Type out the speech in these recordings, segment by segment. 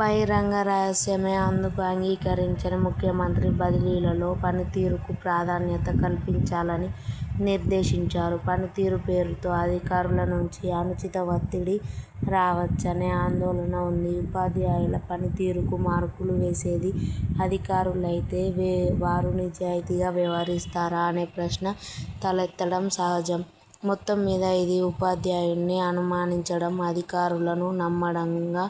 బహిరంగ రహస్యమే. అందుకు అంగీకరించని ముఖ్య మంత్రి బదిలీలలో పనితీరుకు ప్రాధాన్యత కల్పించాలని నిర్దేశించారు. పనితీరు పేరుతో అధికారుల నుంచి అనుచిత వత్తిడి రావచ్చనే ఆందోళన ఉంది. ఉపాధ్యాయుల పనితీరుకు మార్కులు వేసేది అధికారులైతే వారు నిజాయితీగా వే వ్యవహరిస్తారా అనే ప్రశ్న తలెత్తడం సహజం. మొత్తం మీద ఇది ఉపాధ్యాయుడ్ని అనుమానించడం, అధికారులను నమ్మడంగా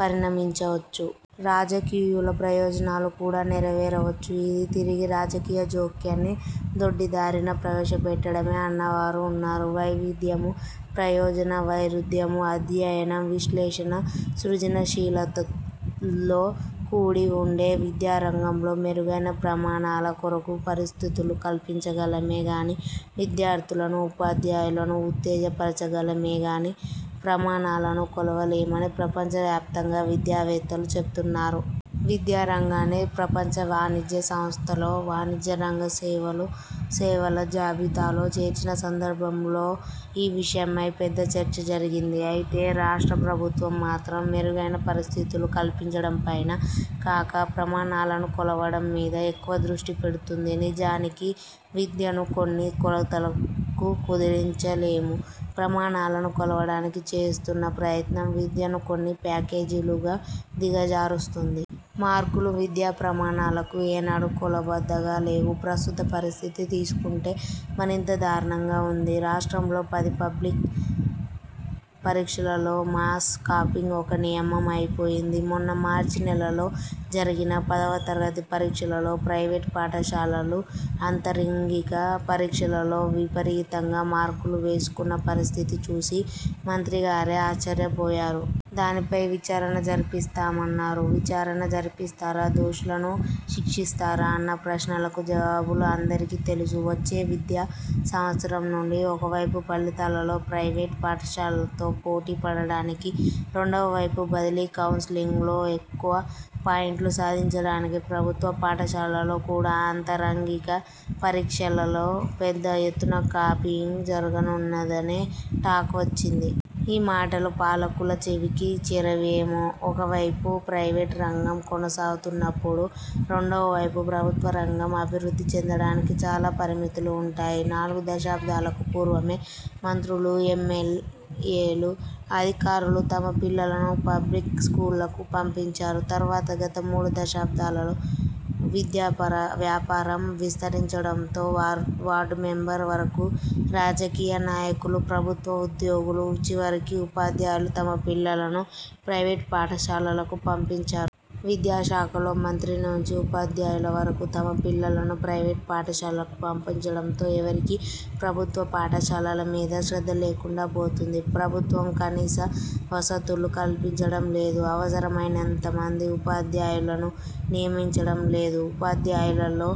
పరిణమించవచ్చు. రాజకీయుల ప్రయోజనాలు కూడా నెరవేరవచ్చు. ఇది తిరిగి రాజకీయ జోక్యాన్ని దొడ్డిదారిన ప్రవేశపెట్టడమే అన్నవారూ ఉన్నారు. వైవిధ్యము, ప్రయోజన వైరుధ్యము, అధ్యయనం, విశ్లేషణ, సృజనశీలతలో కూడి ఉండే విద్యారంగంలో మెరుగైన ప్రమాణాల కొరకు పరిస్థితులు కల్పించగలమే గాని, విద్యార్థులను ఉపాధ్యాయులను ఉత్తేజ పరచగలమేగాని, ప్రమాణాలను కొలవలేమని ప్రపంచవ్యాప్తంగా విద్యావేత్తలు చెప్తున్నారు. విద్యారంగాన్ని ప్రపంచ వాణిజ్య సంస్థలో వాణిజ్యరంగ సేవలు సేవల జాబితాలో చేర్చిన సందర్భలో ఈ విషయమై పెద్ద చర్చ జరిగింది. అయితే, రాష్ట్ర ప్రభుత్వం మాత్రం మెరుగైన పరిస్ధితులు కల్పించడంపైన కాక ప్రమాణాలను కొలవడం మీద ఎక్కువ దృష్టిపెడుతూంది. నిజానికి విద్యను కొన్ని కొలతలకు కుదించలేము. ప్రమాణాలను కొలవడానికి చేస్తూన్న ప్రయత్నం విద్యను కొన్ని ప్యాకేజీలుగా దిగజారుస్తూంది. మార్కులు విద్యా ప్రమాణాలకు ఏనాడూ కొలబద్దగా లేవు. ప్రస్తుత పరిస్థితి తీసుకుంటే మరింత దారుణంగా ఉంది. రాష్ట్రంలో పది పబ్లిక్ పరీక్షలలో మాస్ కాపీయింగ్ ఒక నియమం అయిపోయింది. మొన్న మార్చి నెలలో జరిగిన పదవ తరగతి పరీక్షలలో ప్రైవేట్ పాఠశాలలు ఆంతరంగిక పరీక్షలలో విపరీతంగా మార్కులు వేసుకున్న పరిస్థితి చూసి మంత్రిగారే ఆశ్చర్యపోయారు. దానిపై విచారణ జరిపిస్తామన్నారు. విచారణ జరిపిస్తారా, దోషులను శిక్షిస్తారా అన్న ప్రశ్నలకు జవాబులు అందరికీ తెలుసు. వచ్చే విద్యా సంవత్సరం నుండి ఒకవైపు ఫలితాలలో ప్రైవేట్ పాఠశాలలతో పోటీ పడడానికి, రెండవ వైపు బదిలీ కౌన్సిలింగ్లో ఎక్కువ పాయింట్లు సాధించడానికి ప్రభుత్వ పాఠశాలలలో కూడా ఆంతరంగిక పరీక్షలలో పెద్ద ఎత్తున కాపీయింగ్ జరుగనున్నదనే 'టాక్' వచ్చింది. ఈ మాటలు పాలకుల చెవికి చేరవేమో. ఒక వైపు ప్రైవేట్ రంగం కొనసాగుతున్నప్పుడు రెండవ వైపు ప్రభుత్వ రంగం అభివృద్ధి చెందడానికి చాలా పరిమితులు ఉంటాయి. నాలుగు దశాబ్దాలకు పూర్వమే మంత్రులు, యం. యల్. ఎలు, అధికారులు తమ పిల్లలను 'పబ్లిక్' స్కూళ్ళకు పంపించారు. తరువాత, గత మూడు దశాబ్దాలలో విద్యాపార వ్యాపారం విస్తరించడంతో వార్ వార్డు మెంబర్ వరకు రాజకీయ నాయకులు, ప్రభుత్వ ఉద్యోగులు, చివరికి ఉపాధ్యాయులు తమ పిల్లలను ప్రైవేట్ పాఠశాలలకు పంపించా విద్యాశాఖలో మంత్రి నుంచి ఉపాధ్యాయుల వరకు తమ పిల్లలను ప్రైవేట్ పాఠశాలలకు పంపించడంతో ఎవరికీ ప్రభుత్వ పాఠశాలల మీద శ్రద్ధ లేకుండా పోతూంది. ప్రభుత్వం కనీస వసతులు కల్పించడం లేదు, అవసరమైనంతమంది ఉపాధ్యాయులను నియమించడంలేదు. ఉపాధ్యాయులలో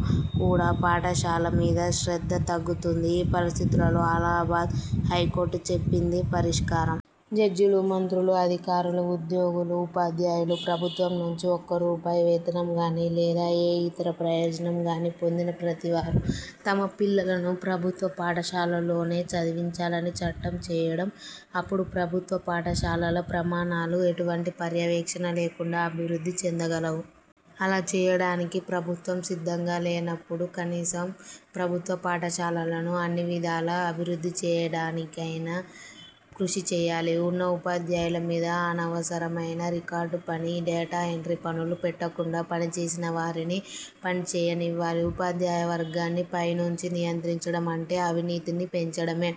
కూడా పాఠశాల మీద శ్రద్ధ తగ్గుతూంది. ఈ పరిస్థితులలో అలహాబాదు హైకోర్టు చెప్పిందే పరిష్కారం. జడ్జీలు, మంత్రులు, అధికారులు, ఉద్యోగులు, ఉపాధ్యాయులు, ప్రభుత్వం నుంచి ఒక్క రూపాయి వేతనం గాని లేదా ఏ యితర ప్రయోజనంగాని పొందిన ప్రతివారు తమ పిల్లలను ప్రభుత్వ పాఠశాలలలోనే చదివించాలని చట్టం చేయడం. అప్పుడు ప్రభుత్వ పాఠశాలల ప్రమాణాలు ఎటువంటి పర్యవేక్షణ లేకుండా అభివృద్ధి చెందగలవు. అలా చేయడానికి ప్రభుత్వం సిద్ధంగా లేనప్పుడు, కనీసం ప్రభుత్వ పాఠశాలలను అన్ని విధాలా అభివృద్ధిచేయడానికైనా కృషిచేయాలి. ఉన్న ఉపాధ్యాయుల మీద అనవసరమైన రికార్డు పని, డేటా ఎంట్రీ పనులు పెట్టకుండా పనిచేసిన వారిని పనిచేయనివ్వాలి. ఉపాధ్యాయ వర్గాన్ని పైనుంచి నియంత్రించడం అంటే అవినీతిని పెంచడమే.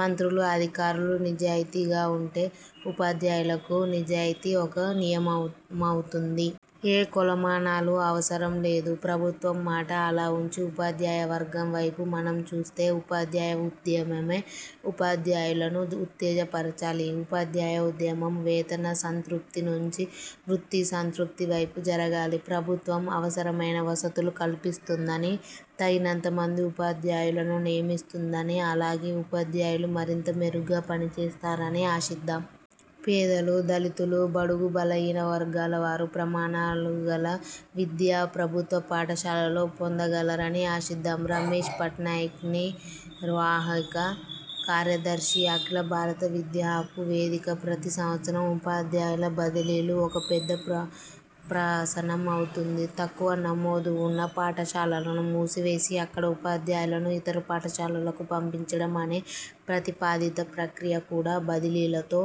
మంత్రులు అధికారులు నిజాయితీగా ఉంటే ఉపాధ్యాయులకు నిజాయితీ ఒక నియమవుతుంది. ఏ కొలమానాలు అవసరంలేదు. ప్రభుత్వం మాట అలా ఉంచు ఉపాధ్యాయ వర్గం వైపు మనం చూస్తే ఉపాధ్యాయ ఉద్యమమే ఉపాధ్యాయులను ఉత్తేజపరచాలి. ఉపాధ్యాయ ఉద్యమం వేతన సంతృప్తి నుంచి వృత్తి సంతృప్తి వైపు జరగాలి. ప్రభుత్వం అవసరమైన వసతులు కల్పిస్తుందని, తగినంతమంది ఉపాధ్యాయులను నియమిస్తుందని అలాగే, ఉపాధ్యాయులు మరింత మెరుగ్గా పనిచేస్తారని ఆశిద్దాం. పేదలు, దళితులు, బడుగు బలహీన వర్గాలవారు ప్రమాణాలుగల విద్య ప్రభుత్వ పాఠశాలలలో పొందగలరని ఆశిద్దాం. రమేష్ పట్నాయిక్నిర్వాహక కార్యదర్శి, అఖిలభారత విద్యాహక్కు వేదిక ప్రతి సంవత్సరం ఉపాధ్యాయుల బదిలీలు ఒక పెద్ద ప్ర ప్రహసనం అవుతుంది. తక్కువ నమోదు ఉన్న పాఠశాలలను మూసివేసి అక్కడ ఉపాధ్యాయులను ఇతర పాఠశాలలకు పంపించడం అనే ప్రతిపాదిత ప్రక్రియ కూడా బదిలీలతో